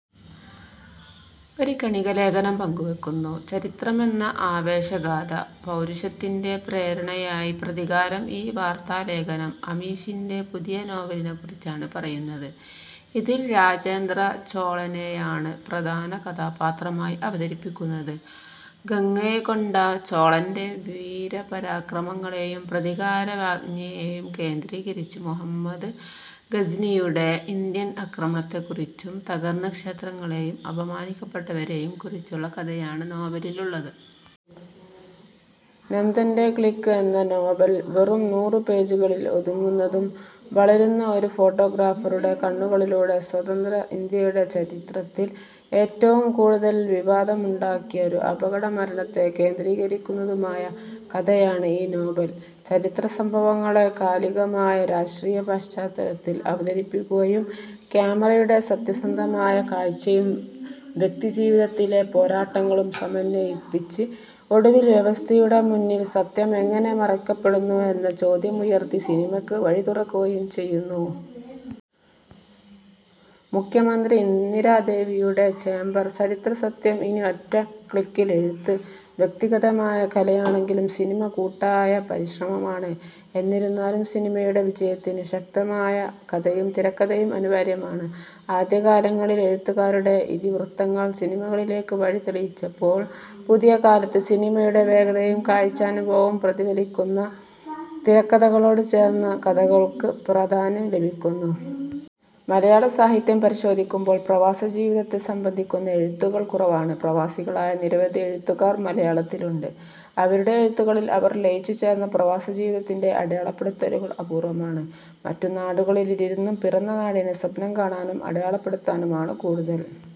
ഒരു കണിക ലേഖനം പങ്കുവെക്കുന്നു. ചരിത്രം എന്ന ആവേശ ഗാഥ; പൗരുഷത്തിന്റെ പ്രേരണയായി പ്രതികാരം ഈ വാർത്താ ലേഖനം അമീഷിന്റെ പുതിയ നോവലിനെക്കുറിച്ചാണ് പറയുന്നത്, ഇതിൽ രാജേന്ദ്ര ചോളനെയാണ് പ്രധാന കഥാപാത്രമായി അവതരിപ്പിച്ചിരിക്കുന്നത്. ഗംഗൈകൊണ്ട ചോളന്റെ വീരപരാക്രമങ്ങളെയും പ്രതികാര വാഞ്ഛയെയും കേന്ദ്രീകരിച്ച്, മുഹമ്മദ് ഗസ്നിയുടെ ഇന്ത്യൻ ആക്രമണത്തെക്കുറിച്ചും തകർന്ന ക്ഷേത്രങ്ങളെയും അപമാനിക്കപ്പെട്ടവരെയും കുറിച്ചുള്ള കഥയാണ് നോവലിലുള്ളത്. നന്ദൻ്റെ "ക്ലിക്ക്" എന്ന നോവൽ, വെറും നൂറു പേജുകളിൽ ഒതുങ്ങുന്നതും, വളരുന്ന ഒരു ഫോട്ടോഗ്രാഫറുടെ കണ്ണുകളിലൂടെ സ്വതന്ത്ര ഇന്ത്യയുടെ ചരിത്രത്തിൽ ഏറ്റവും കൂടുതൽ വിവാദമുണ്ടാക്കിയ ഒരു അപകട മരണത്തെ കേന്ദ്രീകരിക്കുന്നതുമായ കഥയാണ്. ഈ നോവൽ, ചരിത്ര സംഭവങ്ങളെ കാലികമായ രാഷ്ട്രീയ പശ്ചാത്തലത്തിൽ അവതരിപ്പിക്കുകയും, ക്യാമറയുടെ സത്യസന്ധമായ കാഴ്ചയും വ്യക്തിജീവിതത്തിലെ പോരാട്ടങ്ങളും സമന്വയിപ്പിച്ച്, ഒടുവിൽ വ്യവസ്ഥിതിയുടെ മുന്നിൽ സത്യം എങ്ങനെ മറയ്ക്കപ്പെടുന്നു എന്ന ചോദ്യമുയർത്തി സിനിമക്ക് വഴിതുറക്കുകയും ചെയ്യുന്നു. മുഖ്യമന്ത്രി ഇന്ദിരാദേവിയുടെ ചേംബർ; ചരിത്രസത്യം ഇനി ഒറ്റ ക്ലിക്കിൽ എഴുത്ത് വ്യക്തിഗതമായ കലയാണെങ്കിലും സിനിമ കൂട്ടായ പരിശ്രമമാണ്, എന്നിരുന്നാലും സിനിമയുടെ വിജയത്തിന് ശക്തമായ കഥയും തിരക്കഥയും അനിവാര്യമാണ്. ആദ്യകാലങ്ങളിൽ എഴുത്തുകാരുടെ ഇതിവൃത്തങ്ങൾ സിനിമകളിലേക്ക് വഴി തെളിയിച്ചപ്പോൾ, പുതിയ കാലത്ത് സിനിമയുടെ വേഗതയും കാഴ്ചാനുഭവവും പ്രതിഫലിക്കുന്ന തിരക്കഥകളോട് ചേർന്ന കഥകൾക്ക് പ്രാധാന്യം ലഭിക്കുന്നു. മലയാള സാഹിത്യം പരിശോധിക്കുമ്പോൾ പ്രവാസജീവിതത്തെ സംബന്ധിക്കുന്ന എഴുത്തുകൾ കുറവാണ്. പ്രവാസികളായ നിരവധി എഴുത്തുകാർ മലയാളത്തിലുണ്ട്. അവരുടെ എഴുത്തുകളിൽ അവർ ലയിച്ചുചേർന്ന പ്രവാസജീവിതത്തിന്റെ അടയാളപ്പെടുത്തലുകൾ അപൂർവ്വമാണ്. മറ്റു നാടുകളിലിരുന്നും പിറന്ന നാടിനെ സ്വപ്നം കാണാനും അടയാളപ്പെടുത്താനുമാണ് കൂടുതൽ।